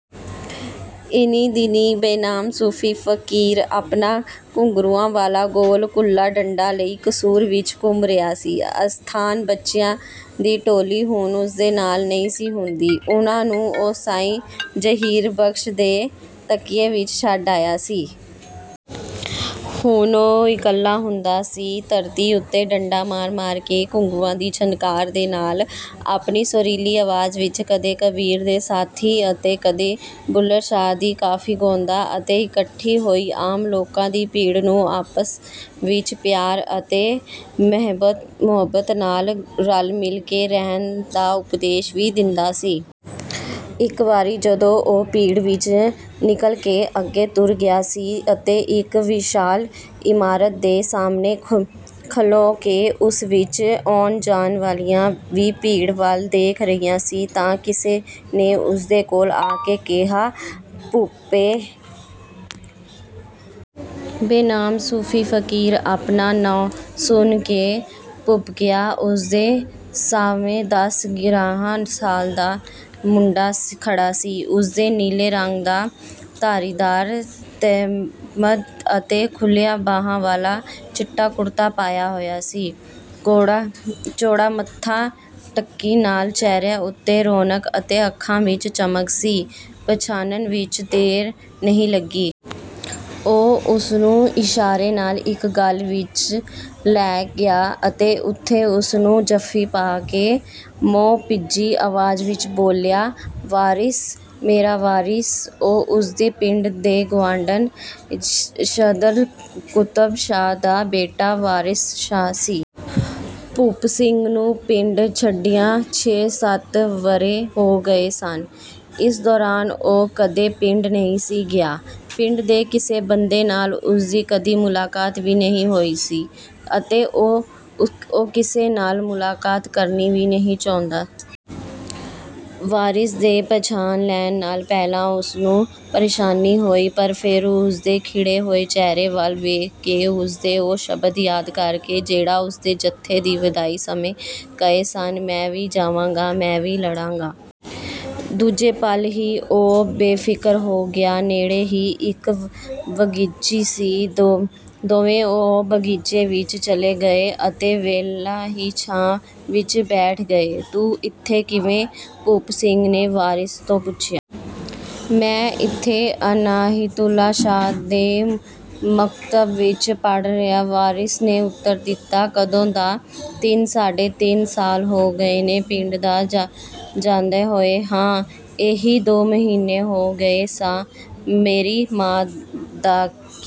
ਇਹਨੀਂ-ਦਿਨੀਂ ਬੇਨਾਮ ਸੂਫੀ ਫਕੀਰ ਆਪਣਾ ਘੁੰਗਰੂਆਂ ਵਾਲਾ ਗੋਲ ਕੂਲਾ ਡੰਡਾ ਲਈ ਕਸੂਰ ਵਿੱਚ ਘੁੰਮ ਰਿਹਾ ਸੀ। ਅਨਾਥ ਬੱਚਿਆਂ ਦੀ ਟੋਲੀ ਹੁਣ ਉਸਦੇ ਨਾਲ ਨਹੀਂ ਸੀ ਹੁੰਦੀ। ਉਹਨਾਂ ਨੂੰ ਉਹ ਸਾਈਂ ਜਹੀਰ ਬਖ਼ਸ਼ ਦੇ ਤਕੀਏ ਵਿੱਚ ਛੱਡ ਆਇਆ ਸੀ। ਹੁਣ ਉਹ ਇਕੱਲਾ ਹੁੰਦਾ ਸੀ। ਧਰਤੀ ਉੱਤੇ ਡੰਡਾ ਮਾਰ-ਮਾਰ ਕੇ ਘੁੰਗਰੂਆਂ ਦੀ ਛਣਕਾਰ ਦੇ ਨਾਲ, ਆਪਣੀ ਸੁਰੀਲੀ ਆਵਾਜ਼ ਵਿੱਚ, ਕਦੀ ਕਬੀਰ ਦੀ ਸਾਖੀ ਅਤੇ ਕਦੀ ਬੁੱਲ੍ਹੇ ਸ਼ਾਹ ਦੀ ਕਾਫ਼ੀ ਗਾਉਂਦਾ ਅਤੇ ਇਕੱਠੀ ਹੋਈ ਆਮ ਲੋਕਾਂ ਦੀ ਭੀੜ ਨੂੰ ਆਪਸ ਵਿੱਚ ਪਿਆਰ ਅਤੇ ਮੁਹੱਬਤ ਨਾਲ, ਰਲ-ਮਿਲ ਕੇ ਰਹਿਣ ਦਾ ਉਪਦੇਸ਼ ਵੀ ਦਿੰਦਾ ਸੀ। ਇੱਕ ਵਾਰੀ ਜਦੋਂ ਉਹ ਭੀੜ ਵਿੱਚੋਂ ਨਿਕਲ ਕੇ ਅੱਗੇ ਤੁਰ ਗਿਆ ਸੀ ਅਤੇ ਇੱਕ ਵਿਸ਼ਾਲ ਇਮਾਰਤ ਦੇ ਸਾਹਮਣੇ ਖਲੋ ਕੇ ਉਸ ਵਿੱਚ ਆਉਣ-ਜਾਣ ਵਾਲਿਆਂ ਦੀ ਭੀੜ ਵੱਲ ਦੇਖ ਰਿਹਾ ਸੀ ਤਾਂ ਕਿਸੇ ਨੇ ਉਸਦੇ ਕੋਲ ਆ ਕੇ ਕਿਹਾ, "ਭੂਪੇ।" ਬੇਨਾਮ ਸੂਫੀ ਫਕੀਰ ਆਪਣਾ ਨਾਂਅ ਸੁਣ ਕੇ ਤ੍ਰਭਕਿਆ। ਉਸਦੇ ਸਾਹਵੇਂ ਦਸ-ਗਿਆਰਾਂ ਸਾਲ ਦਾ ਇੱਕ ਮੁੰਡਾ ਖੜ੍ਹਾ ਸੀ। ਉਸਦੇ ਨੀਲੇ ਰੰਗ ਦਾ ਧਾਰੀਦਾਰ ਤਹਿਮਦ ਅਤੇ ਖੁੱਲ੍ਹੀਆਂ ਬਾਹਾਂ ਵਾਲਾ ਚਿੱਟਾ ਕੁੜਤਾ ਪਾਇਆ ਹੋਇਆ ਸੀ। ਚੌੜਾ ਮੱਥਾ, ਤਿੱਖੀ ਨੱਕ, ਚਿਹਰੇ ਉੱਤੇ ਰੌਣਕ ਅਤੇ ਅੱਖਾਂ ਵਿੱਚ ਚਮਕ ਸੀ; ਪਛਾਣਨ ਵਿੱਚ ਦੇਰ ਨਹੀਂ ਲੱਗੀ। ਉਹ ਉਸਨੂੰ ਇਸ਼ਾਰੇ ਨਾਲ ਇੱਕ ਗਲੀ ਵਿੱਚ ਲੈ ਗਿਆ ਅਤੇ ਉੱਥੇ ਉਸਨੂੰ ਜੱਫੀ ਪਾ ਕੇ ਮੋਹ-ਭਿੱਜੀ ਆਵਾਜ਼ ਵਿੱਚ ਬੋਲਿਆ, "ਵਾਰਿਸ! ਮੇਰਾ ਵਾਰਸ!" ਉਹ ਉਸਦੇ ਪਿੰਡ ਦੇ ਗੁਆਂਢੀ ਸੱਯਦ ਕੁਤਬ ਸ਼ਾਹ ਦਾ ਬੇਟਾ, ਵਾਰਿਸ ਸ਼ਾਹ ਸੀ। ਭੂਪ ਸਿੰਘ ਨੂੰ ਪਿੰਡ ਛੱਡਿਆਂ ਛੇ-ਸੱਤ ਵਰ੍ਹੇ ਹੋ ਗਏ ਸਨ। ਇਸ ਦੌਰਾਨ ਉਹ ਕਦੀ ਪਿੰਡ ਨਹੀਂ ਸੀ ਗਿਆ। ਪਿੰਡ ਦੇ ਕਿਸੇ ਬੰਦੇ ਨਾਲ ਉਸਦੀ ਕਦੀ ਮੁਲਾਕਾਤ ਵੀ ਨਹੀਂ ਹੋਈ ਸੀ ਅਤੇ ਉਹ ਕਿਸੇ ਨਾਲ ਮੁਲਾਕਾਤ ਕਰਨੀ ਵੀ ਨਹੀਂ ਚਾਹੁੰਦਾ। ਵਾਰਿਸ ਦੇ ਪਛਾਣ ਲੈਣ ਨਾਲ ਪਹਿਲਾਂ ਉਸਨੂੰ ਪ੍ਰੇਸ਼ਾਨੀ ਹੋਈ ਪਰ ਫੇਰ ਉਸਦੇ ਖਿੜੇ ਹੋਏ ਚਿਹਰੇ ਵੱਲ ਦੇਖ ਕੇ ਅਤੇ ਉਸਦੇ ਉਹ ਸ਼ਬਦ ਯਾਦ ਕਰਕੇ ਜਿਹੜੇ ਉਸਨੇ ਜੱਥੇ ਦੀ ਵਿਦਾਈ ਸਮੇਂ ਕਹੇ ਸਨ, "ਮੈਂ ਵੀ ਜਾਵਾਂਗਾ, ਮੈਂ ਵੀ ਲੜਾਂਗਾ।" ਦੂਜੇ ਪਲ ਹੀ ਉਹ ਬੇਫਿਕਰ ਹੋ ਗਿਆ। ਨੇੜੇ ਹੀ ਇੱਕ ਬਗੀਚੀ ਸੀ। ਦੋਵੇਂ ਉਸ ਬਗੀਚੀ ਵਿੱਚ ਚਲੇ ਗਏ ਅਤੇ ਵੇਲਾਂ ਦੀ ਛਾਂ ਵਿੱਚ ਬੈਠ ਗਏ। "ਤੂੰ ਇੱਥੇ ਕਿਵੇਂ?" ਭੂਪ ਸਿੰਘ ਨੇ ਵਾਰਿਸ ਤੋਂ ਪੁੱਛਿਆ। "ਮੈਂ ਇੱਥੇ ਅਨਾਇਤੁੱਲਾ ਸ਼ਾਹ ਦੇ ਮਕਤਬ ਵਿੱਚ ਪੜ੍ਹ ਰਿਹਾ।" ਵਾਰਿਸ ਨੇ ਉੱਤਰ ਦਿੱਤਾ। "ਕਦੋਂ ਦਾ?" "ਤਿੰਨ-ਸਾਢੇ ਤਿੰਨ ਸਾਲ ਹੋ ਗਏ ਨੇ।" "ਪਿੰਡ ਤਾਂ ਜਾਂਦਾ ਹੋਏਂਗਾ?" "ਹਾਂ। ਐਹਿ ਦੋ ਮਹੀਨੇ ਹੋਏ ਗਿਆ ਸਾਂ। ਮੇਰੀ ਮਾਂ ਦਾ ਕੀ